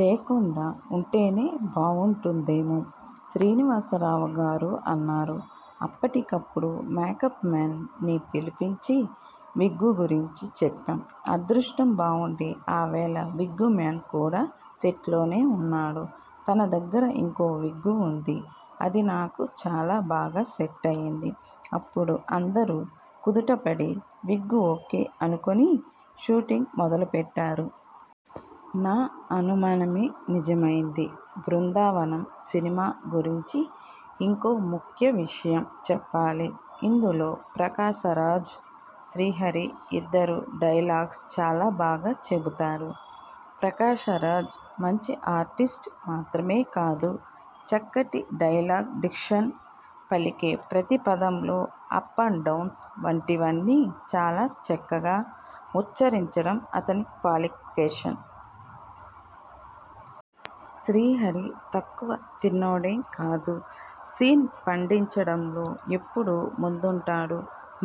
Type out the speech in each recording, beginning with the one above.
లేకుండా ఉంటేనే బావుంటుందేమో శ్రీనివాసరావుగారూ' అన్నారు. అప్పటికప్పుడు మేకప్ మేన్ ని పిలిపించి విగ్గు గురించి చెప్పాం. అదృష్టం బావుండి ఆ వేళ విగ్గుమ్యాన్ కూడా సెట్లోనే ఉన్నాడు. తన దగ్గర ఇంకో విగ్గు ఉంది. అది నాకు చాలా బాగా సెట్ అయింది. అప్పుడు అందరూ కుదుటపడి విగ్గు ఓకే అనుకుని షూటింగ్ మొదలుపెట్టారు. నా అనుమానమే నిజమైంది బృందావనం సినిమా గురించి ఇంకో ముఖ్య విషయం చెప్పాలి. ఇందులో ప్రకాశరాజ్, శ్రీహరి ఇద్దరూ డైలాగ్స్ చాలా బాగా చెబుతారు. ప్రకాశరాజ్ మంచి ఆర్టిస్ట్ మాత్రమే కాదు. చక్కటి డైలాగ్ డిక్షన్, పలికే ప్రతి పదంలో అప్ అండ్ డౌన్స్ వంటివన్నీ చాలా చక్కగా ఉచ్ఛరించడం అతని క్వాలిఫికేషన్స్. శ్రీహరి తక్కువ తిన్నోడేం కాదు. సీన్ పండించడంలో ఎప్పుడూ ముందుంటాడు.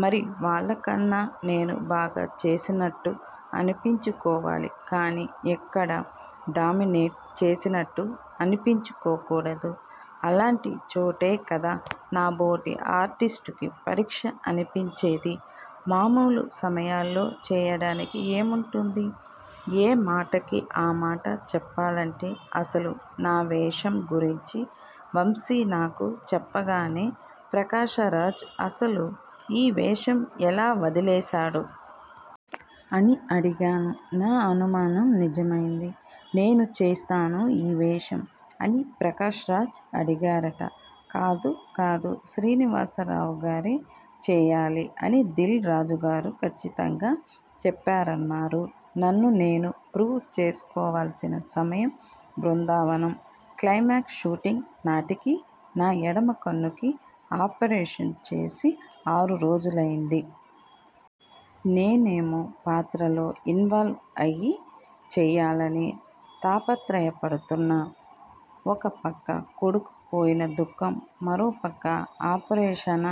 మరి వాళ్ళకన్నా నేను బాగా చేసినట్టు అనిపించుకోవాలి, కానీ ఎక్కడా డామినేట్ చేసినట్టు అనిపించుకోకూడదు. అలాంటి చోటే కదా నాబోటి ఆర్టిస్టుకి పరీక్ష అనిపించేది. మామూలు సమయాల్లో చేయడానికి ఏముంటుంది? ఏమాటకి ఆమాట చెప్పాలంటే అసలు నా వేషం గురించి వంశీ నాకు చెప్పగానే 'ప్రకాశరాజ్ అసలు ఈ వేషం ఎలా వదిలేశాడు? ' అని అడిగాను. నా అనుమానం నిజమైంది. 'నేను చేస్తాను ఈ వేషం' అని ప్రకాశ్రాజ్ అడిగారట. 'కాదు, కాదు, శ్రీనివాసరావుగారే చేయాలి' అని దిల్ రాజుగారు కచ్చితంగా చెప్పారన్నారు. నన్ను నేను ప్రూవ్ చేసుకోవాల్సిన సమయం బృందావనం క్లైమాక్స్ షూటింగ్ నాటికి నా ఎడమ కన్నుకి ఆపరేషన్ చేసి ఆరు రోజులైంది. నేనేమో పాత్రలో ఇన్వాల్వ్ అయి చేయాలని తాపత్రయపడుతున్నా. ఒక పక్క కొడుకు పోయిన దుఃఖం, మరోపక్క ఆపరేషన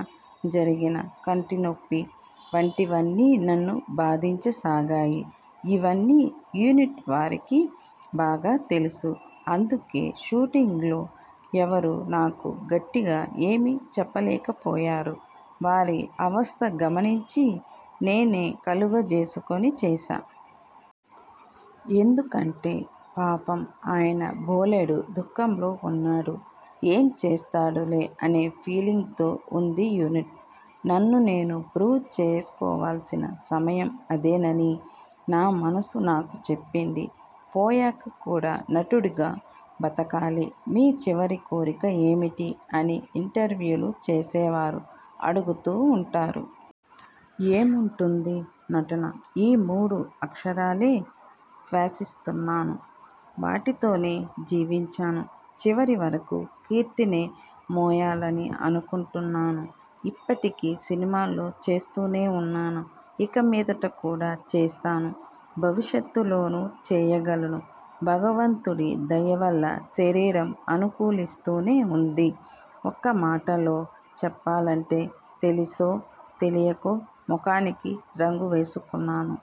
జరిగిన కంటినొప్పి వంటివన్నీ నన్ను బాధించసాగాయి. ఇవన్నీ యూనిట్ వారికి బాగా తెలుసు. అందుకే షూటింగ్లో ఎవరూ నాకు గట్టిగా ఏమీ చెప్పలేకపోయారు. వారి అవస్త గమనించి నేనే కలగజేసుకుని చేశా. ఎందుకంటే, 'పాపం ఆయన బోలెడు దుఃఖంలో ఉన్నాడు. ఏం చేస్తాడులే' అనే ఫీలింగ్ తో ఉంది యూనిట్. నన్ను నేను ప్రూవ్ చేసుకోవాల్సిన సమయం అదేనని నా మనసు నాకు చెప్పింది. పోయాక కూడా నటుడుగా బతకాలి'మీచివరి కోరిక ఏమిటి' అని ఇంటర్వ్యూలు చేసేవారు అడుగుతూ ఉంటారు. ఏముంటుంది? నటన. ఈ మూడు అక్షరాలే శ్వాసిస్తున్నాను. వాటితోనే జీవించాను. చివరి వరకు కీర్తినే మోయాలని అనుకుంటున్నాను. ఇప్పటికీ సినిమాల్లో చేస్తూనే ఉన్నాను. ఇక మీదట కూడా చేస్తాను. భవిష్యత్తులోనూ చేయగలను. భగవంతుడి దయవల్ల శరీరం అనుకూలిస్తూనే ఉంది. ఒక్క మాటలో చెప్పాలంటే, 'తెలిసో తెలియకో మొఖానికి రంగు వేసుకున్నాను.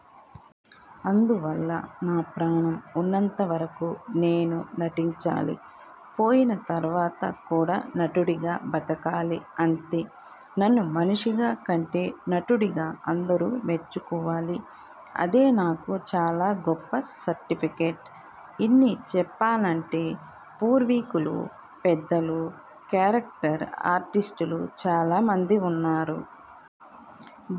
అందువల్ల నా ప్రాణం ఉన్నంత వరకు నేను నటించాలి. పోయిన తర్వాత కూడా నటుడిగా బతకాలి, అంతే. నన్ను మనిషిగా కంటే నటుడిగా అందరూ మెచ్చుకోవాలి. అదే నాకు చాలా గొప్ప సర్టిఫికెట్ '. ఇన్ని చెప్పానంటే పూర్వీకులు పెద్దలు, కేరక్టర్ ఆర్టిస్టులు చాలా మంది ఉన్నారు.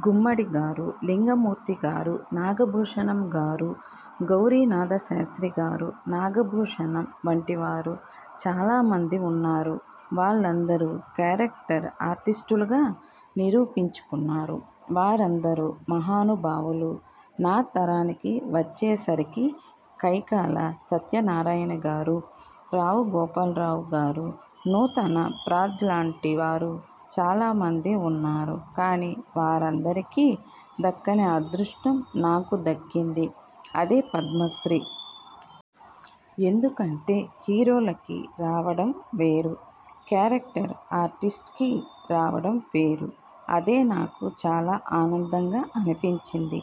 గుమ్మడిగారు, లింగమూర్తిగారు. నాగభూషణంగారు, గౌరినాథశాస్త్రిగారు, నాగభూషణం వంటివారు చాలా మంది ఉన్నారు. వాళ్ళందరూ కేరక్టర్ ఆర్టిస్టులుగా నిరూపించుకున్నారు. వారందరూ మహానుభావులు. నా తరానికి వచ్చేసరికి కైకాల సత్యనారాయణగారు, రావు గోపాలరావుగారు, నూతనప్రాద్లాంటివారు చాలా మంది ఉన్నారు. కానీ వారందరికీ దక్కని అదృష్టం నాకు దక్కింది. అదే పద్మశ్రీ. ఎందుకంటే హీరోలకి రావడం వేరు, కేరక్టర్ ఆర్టిస్ట్కి రావడంవేరు. అదే నాకు చాలా ఆనందంగా అనిపించింది.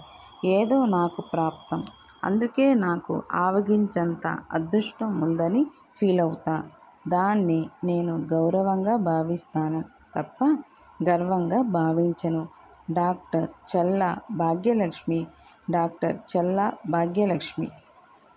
ఏదో నాకు ప్రాప్తం. అందుకే నాకు ఆవగింజంత అదృష్టం ఉందని ఫీలవుతా. దాన్ని నేను గౌరవంగా భావిస్తాను తప్ప, గర్వంగా భావించను. Doctor Challa Bhagyalakshmi doctor Challa Bhagyalakshmi